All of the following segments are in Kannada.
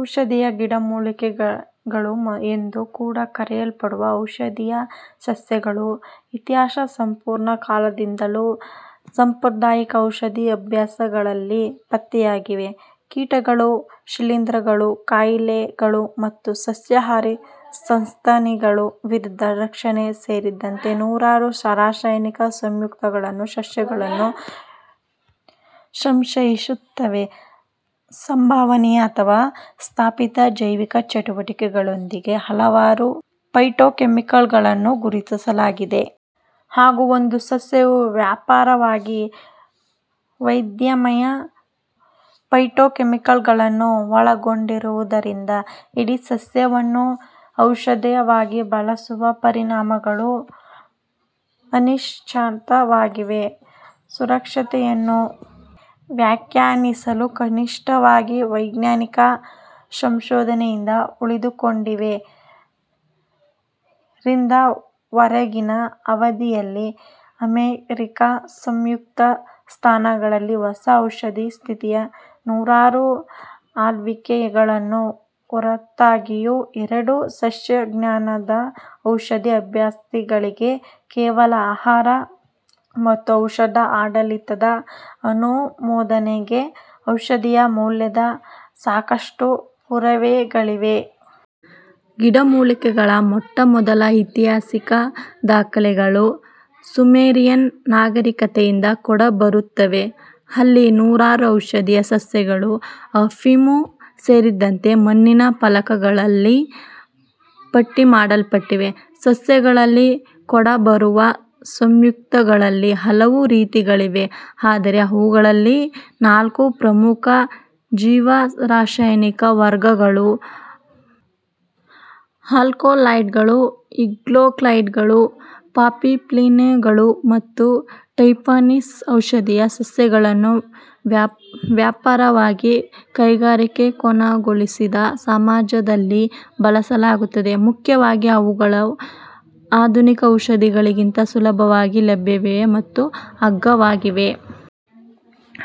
ಔಷಧೀಯ ಗಿಡಮೂಲಿಕೆಗಳು ಎಂದು ಕೂಡ ಕರೆಯಲ್ಪಡುವ ಔಷಧೀಯ ಸಸ್ಯಗಳು ಇತಿಹಾಸಪೂರ್ವ ಕಾಲದಿಂದಲೂ ಸಾಂಪ್ರದಾಯಿಕ ಔಷಧಿ ಅಭ್ಯಾಸಗಳಲ್ಲಿ ಪತ್ತೆಯಾಗಿವೆ. ಕೀಟಗಳು, ಶಿಲೀಂಧ್ರಗಳು, ಕಾಯಿಲೆಗಳು ಮತ್ತು ಸಸ್ಯಾಹಾರಿ ಸಸ್ತನಿಗಳ ವಿರುದ್ಧ ರಕ್ಷಣೆ ಸೇರಿದಂತೆ ನೂರಾರು ರಾಸಾಯನಿಕ ಸಂಯುಕ್ತಗಳನ್ನು ಸಸ್ಯಗಳು ಸಂಶ್ಲೇಷಿಸುತ್ತವೆ. ಸಂಭವನೀಯ ಅಥವಾ ಸ್ಥಾಪಿತ ಜೈವಿಕ ಚಟುವಟಿಕೆಯೊಂದಿಗೆ ಹಲವಾರು ಫೈಟೊಕೆಮಿಕಲ್ಗಳನ್ನು ಗುರುತಿಸಲಾಗಿದೆ. ಹಾಗೂ, ಒಂದು ಸಸ್ಯವು ವ್ಯಾಪಕವಾಗಿ ವೈವಿಧ್ಯಮಯ ಫೈಟೋಕೆಮಿಕಲ್ಗಳನ್ನು ಒಳಗೊಂಡಿರುವುದರಿಂದ, ಇಡೀ ಸಸ್ಯವನ್ನು ಔಷಧವಾಗಿ ಬಳಸುವ ಪರಿಣಾಮಗಳು ಅನಿಶ್ಚಿತವಾಗಿವೆ. ಸುರಕ್ಷತೆಯನ್ನು ವ್ಯಾಖ್ಯಾನಿಸಲು ಕಠಿಣವಾದ ವೈಜ್ಞಾನಿಕ ಸಂಶೋಧನೆಯಿಂದ ಉಳಿದುಕೊಂಡಿವೆ. ರಿಂದ ರವರೆಗಿನ ಅವಧಿಯಲ್ಲಿ ಅಮೆರಿಕಾ ಸಂಯುಕ್ತ ಸಂಸ್ಥಾನದಲ್ಲಿ ಹೊಸ ಔಷಧಿ ಸ್ಥಿತಿಯ ನೂರಾರು ಅನ್ವಯಿಕೆಗಳ ಹೊರತಾಗಿಯೂ ಎರಡು ಸಸ್ಯವಿಜ್ಞಾನದ ಔಷಧಿ ಅಭ್ಯರ್ಥಿಗಳಿಗೆ ಕೇವಲ ಆಹಾರ ಮತ್ತು ಔಷಧ ಆಡಳಿತದ ಅನುಮೋದನೆಗೆ ಔಷಧೀಯ ಮೌಲ್ಯದ ಸಾಕಷ್ಟು ಪುರಾವೆಗಳಿವೆ. ಗಿಡಮೂಲಿಕೆಗಳ ಮೊಟ್ಟಮೊದಲ ಐತಿಹಾಸಿಕ ದಾಖಲೆಗಳು ಸುಮೆರಿಯನ್ ನಾಗರೀಕತೆಯಿಂದ ಕಂಡುಬರುತ್ತವೆ. ಅಲ್ಲಿ ನೂರಾರು ಔಷಧೀಯ ಸಸ್ಯಗಳು ಅಫೀಮು ಸೇರಿದಂತೆ ಮಣ್ಣಿನ ಫಲಕಗಳಲ್ಲಿ ಪಟ್ಟಿಮಾಡಲ್ಪಟ್ಟಿವೆ. ಸಸ್ಯಗಳಲ್ಲಿ ಕಂಡುಬರುವ ಸಂಯುಕ್ತಗಳಲ್ಲಿ ಹಲವು ರೀತಿಗಳಿವೆ, ಆದರೆ ಇವುಗಳಲ್ಲಿ ನಾಲ್ಕು ಪ್ರಮುಖ ಜೀವರಾಸಾಯನಿಕ ವರ್ಗಗಳು ಅಲ್ಕಲಾಯ್ಡ್ಗಳು, ಗ್ಲೈಕೋಸೈಡ್ಗಳು, ಪಾಲಿಫಿನಾಲ್ಗಳು ಮತ್ತು ಟೆರ್ಪನೀಸ್. ಔಷಧೀಯ ಸಸ್ಯಗಳನ್ನು ವ್ಯಾಪಕವಾಗಿ ಕೈಗಾರಿಕೀಕರಣಗೊಳಿಸದ ಸಮಾಜಗಳಲ್ಲಿ ಬಳಸಲಾಗುತ್ತದೆ, ಮುಖ್ಯವಾಗಿ ಅವುಗಳು ಆಧುನಿಕ ಔಷಧಿಗಳಿಗಿಂತ ಸುಲಭವಾಗಿ ಲಭ್ಯವಿವೆ ಮತ್ತು ಅಗ್ಗವಾಗಿವೆ.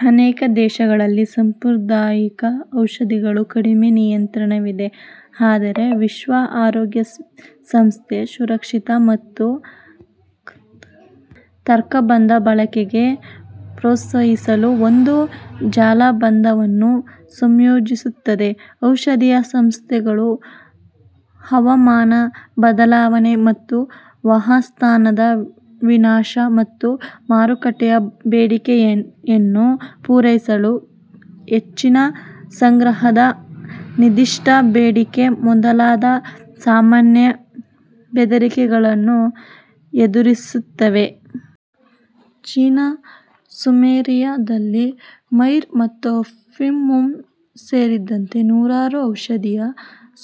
ಅನೇಕ ದೇಶಗಳಲ್ಲಿ, ಸಾಂಪ್ರದಾಯಿಕ ಔಷಧಿಗಳ ಕಡಿಮೆ ನಿಯಂತ್ರಣವಿದೆ, ಆದರೆ ವಿಶ್ವ ಆರೋಗ್ಯ ಸಂಸ್ಥೆ ಸುರಕ್ಷಿತ ಮತ್ತು ತರ್ಕಬದ್ಧ ಬಳಕೆಗೆ ಪ್ರೋತ್ಸಾಹಿಸಲು ಒಂದು ಜಾಲಬಂಧವನ್ನು ಸಂಯೋಜಿಸುತ್ತದೆ. ಔಷಧೀಯ ಸಸ್ಯಗಳು ಹವಾಮಾನ ಬದಲಾವಣೆ ಮತ್ತು ಆವಾಸಸ್ಥಾನ ವಿನಾಶ, ಮತ್ತು ಮಾರುಕಟ್ಟೆಯ ಬೇಡಿಕೆಯನ್ನು ಪೂರೈಸಲು ಹೆಚ್ಚಿನ ಸಂಗ್ರಹದ ನಿರ್ದಿಷ್ಟ ಬೆದರಿಕೆ ಮೊದಲಾದ ಸಾಮಾನ್ಯ ಬೆದರಿಕೆಗಳನ್ನು ಎದುರಿಸುತ್ತವೆ. ಪ್ರಾಚೀನ ಸುಮೇರಿಯಾದಲ್ಲಿ, ಮಿರ್ಹ್ ಮತ್ತು ಅಫೀಮು ಸೇರಿದಂತೆ ನೂರಾರು ಔಷಧೀಯ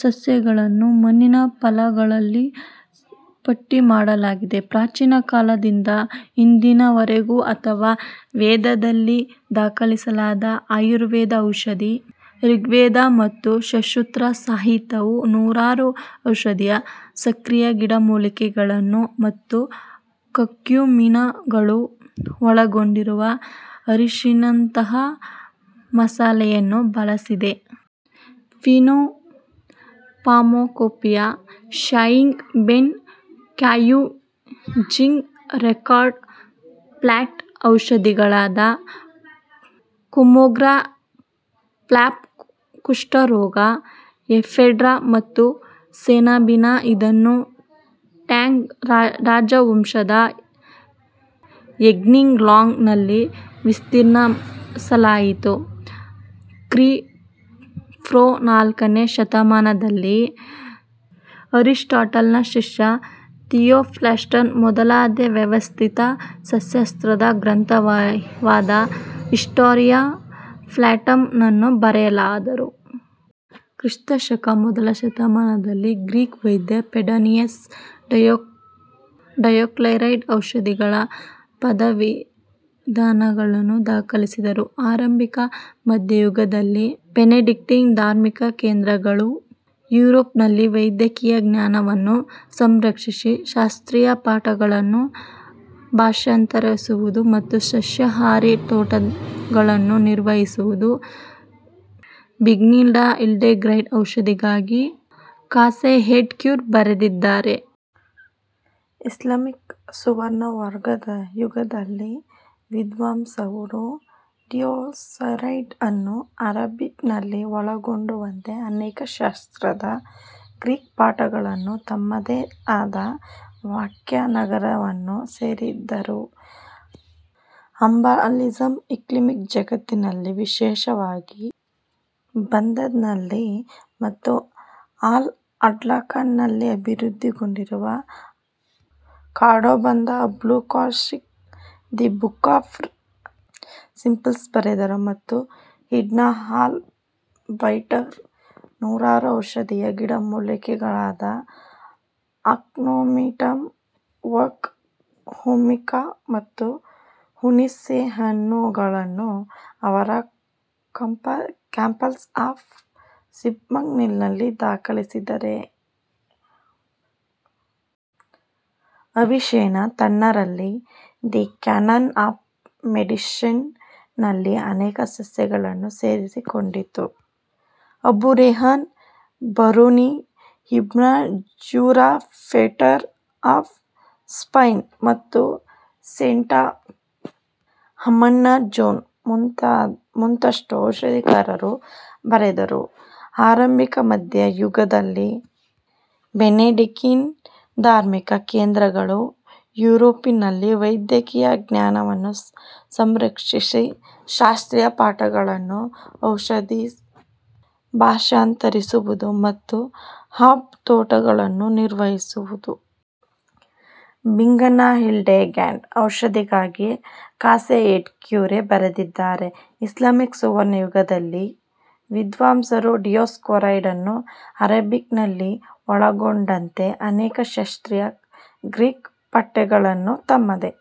ಸಸ್ಯಗಳನ್ನು ಮಣ್ಣಿನ ಫಲಕಗಳಲ್ಲಿ ಪಟ್ಟಿಮಾಡಲಾಗಿದೆ. ಪ್ರಾಚೀನ ಕಾಲದಿಂದ ಇಂದಿನವರೆಗೂ ಅಥರ್ವ ವೇದದಲ್ಲಿ ದಾಖಲಿಸಲಾದ ಆಯುರ್ವೇದ ಔಷಧ, ರಿಗ್ವೇದ ಮತ್ತು ಸುಶ್ರುತ ಸಂಹಿತವು ನೂರಾರು ಔಷಧೀಯ ಸಕ್ರಿಯ ಗಿಡಮೂಲಿಕೆಗಳನ್ನು ಮತ್ತು ಕರ್ಕ್ಯುಮಿನ್ಗಳನ್ನು ಒಳಗೊಂಡಿರುವ ಅರಿಶಿನಂತಹ ಮಸಾಲೆಗಳನ್ನು ಬಳಸಿದೆ. ಚೀನೊ pharmacopoeia, Shennong Ben Cao Jing records plant ಔಷಧಿಗಳಾದ ಕುಲ್ಮೋಗ್ರ ಫಾರ್ ಕುಷ್ಠರೋಗ, ಎಫೆಡ್ರಾ ಮತ್ತು ಸೆಣಬಿನ. ಇದನ್ನು ಟ್ಯಾಂಗ್ ರಾಜವಂಶದ ಯಾಕ್ಸಿಂಗ್ ಲುನ್ ನಲ್ಲಿ ವಿಸ್ತರಿಸಲಾಯಿತು. ಕ್ರಿ. ಪೂ. ನಾಲ್ಕನೇ ಶತಮಾನದಲ್ಲಿ, ಅರಿಸ್ಟಾಟಲ್ನ ಶಿಷ್ಯ ಥಿಯೋಫ್ರಾಸ್ಟಸ್ ಮೊದಲ ವ್ಯವಸ್ಥಿತ ಸಸ್ಯಶಾಸ್ತ್ರದ ಗ್ರಂಥವಾದ ಹಿಸ್ಟೊರಿಯಾ ಪ್ಲಾಟರಮ್ ಅನ್ನು ಬರೆದರು. ಕ್ರಿಸ್ತ ಶಕ ಮೊದಲ ಶತಮಾನದಲ್ಲಿ, ಗ್ರೀಕ್ ವೈದ್ಯ ಪೆಡಾನಿಯಸ್ ಡಯೋಸ್ಕೋರೈಡ್ಸ್ ಔಷಧಿಗಳ ಪಾಕವಿಧಾನಗಳನ್ನು ದಾಖಲಿಸಿದರು. ಆರಂಭಿಕ ಮಧ್ಯ ಯುಗದಲ್ಲಿ, ಬೆನೆಡಿಕ್ಟೀನ್ ಧಾರ್ಮಿಕ ಕೇಂದ್ರಗಳು ಯುರೋಪ್ನಲ್ಲಿ ವೈದ್ಯಕೀಯ ಜ್ಞಾನವನ್ನು ಸಂರಕ್ಷಿಸಿ, ಶಾಸ್ತ್ರೀಯ ಪಠ್ಯಗಳನ್ನು ಭಾಷಾಂತರಿಸುವುದು ಮತ್ತು ಸಸ್ಯಹಾರಿ ತೋಟಗಳನ್ನು ನಿರ್ವಹಿಸುವುದು. ಬಿಂಗನ್ನ ಹಿಲ್ಡೆಗ್ಯಾರ್ಡ್ ಔಷಧಿಗಾಗಿ ಕಾಸೇ ಎಟ್ ಕ್ಯುರೆ ಬರೆದಿದ್ದಾರೆ. ಇಸ್ಲಾಮಿಕ್ ಸುವರ್ಣ ಯುಗದಲ್ಲಿ, ವಿದ್ವಾಂಸರು ಡಿಯೋಸ್ಕೋರೈಡ್ಸ್ಅನ್ನು ಅರೆಬಿಕ್ನಲ್ಲಿ ಒಳಗೊಂಡಂತೆ ಅನೇಕ ಶಾಸ್ತ್ರೀಯ ಗ್ರೀಕ್ ಪಠ್ಯಗಳನ್ನು ತಮ್ಮದೇ ಆದ ವ್ಯಾಖ್ಯಾನಗಳನ್ನು ಸೇರಿಸಿದರು. ಹರ್ಬಲಿಸಮ್ ಇಸ್ಲಾಮಿಕ್ ಜಗತ್ತಿನಲ್ಲಿ ವಿಶೇಷವಾಗಿ ಬಾಗ್ದಾದ್ನಲ್ಲಿ ಮತ್ತು ಅಲ್-ಅಂಡಲಸ್ನಲ್ಲಿ ಅಭಿವೃದ್ಧಿಗೊಂಡಿತು. ಕಾರ್ಡೊಬದ Abulcasis the book of simples ಬರೆದರು ಮತ್ತು ಇಬ್ನ್ ಅಲ್-ಬೈಟರ್ ನೂರಾರು ಔಷಧೀಯ ಗಿಡಮೂಲಿಕೆಗಳಾದ ಅಕೊನಿಟಮ್, ನಕ್ಸ್ ವೊಮಿಕಾ ಮತ್ತು ಹುಣಿಸೆಹಣ್ಣುಗಳನ್ನು ಅವರ ಕಾರ್ಪಸ್ ಆಫ್ ಸಿಂಪಲ್ನಲ್ಲಿ ದಾಖಲಿಸಿದ್ದಾರೆ. ಅವಿಸೆನ್ನಾ ತನ್ನ ರಲ್ಲಿ ದಿ ಕ್ಯಾನನ್ ಆಫ್ ಮೆಡಿಸಿನ್ ನಲ್ಲಿ ಅನೇಕ ಸಸ್ಯಗಳನ್ನು ಸೇರಿಸಿಕೊಂಡಿತು. Abu Rayhan Biruni, Ibn Zuhr, Peter of Spain, ಮತ್ತು ಸೇಂಟ್ ಅಮಂಡ್ನ ಜಾನ್ ಮತ್ತಷ್ಟು ಔಷಧಿಕಾರರು ಬರೆದರು. ಆರಂಭಿಕ ಮಧ್ಯ ಯುಗದಲ್ಲಿ, ಬೆನೆಡಿಕ್ಟೀನ್ ಧಾರ್ಮಿಕ ಕೇಂದ್ರಗಳು ಯುರೋಪ್ನಲ್ಲಿ ವೈದ್ಯಕೀಯ ಜ್ಞಾನವನ್ನು ಸಂರಕ್ಷಿಸಿ, ಶಾಸ್ತ್ರೀಯ ಪಠ್ಯಗಳನ್ನು ಭಾಷಾಂತರಿಸುವುದು ಮತ್ತು ಹರ್ಬ್ ತೋಟಗಳನ್ನು ನಿರ್ವಹಿಸುವುದು. ಬಿಂಗನ್ನ ಹಿಲ್ಡೆಗ್ಯಾರ್ಡ್ ಔಷಧಿಗಾಗಿ ಕಾಸೇ ಎಟ್ ಕ್ಯುರೆ ಬರೆದಿದ್ದಾರೆ. ಇಸ್ಲಾಮಿಕ್ ಸುವರ್ಣ ಯುಗದಲ್ಲಿ, ವಿದ್ವಾಂಸರು ಡಿಯೋಸ್ಕೋರೈಡ್ಸ್ಅನ್ನು ಅರೆಬಿಕ್ನಲ್ಲಿ ಒಳಗೊಂಡಂತೆ ಅನೇಕ ಶಾಸ್ತ್ರೀಯ ಗ್ರೀಕ್ ಪಠ್ಯಗಳನ್ನು ತಮ್ಮದೇ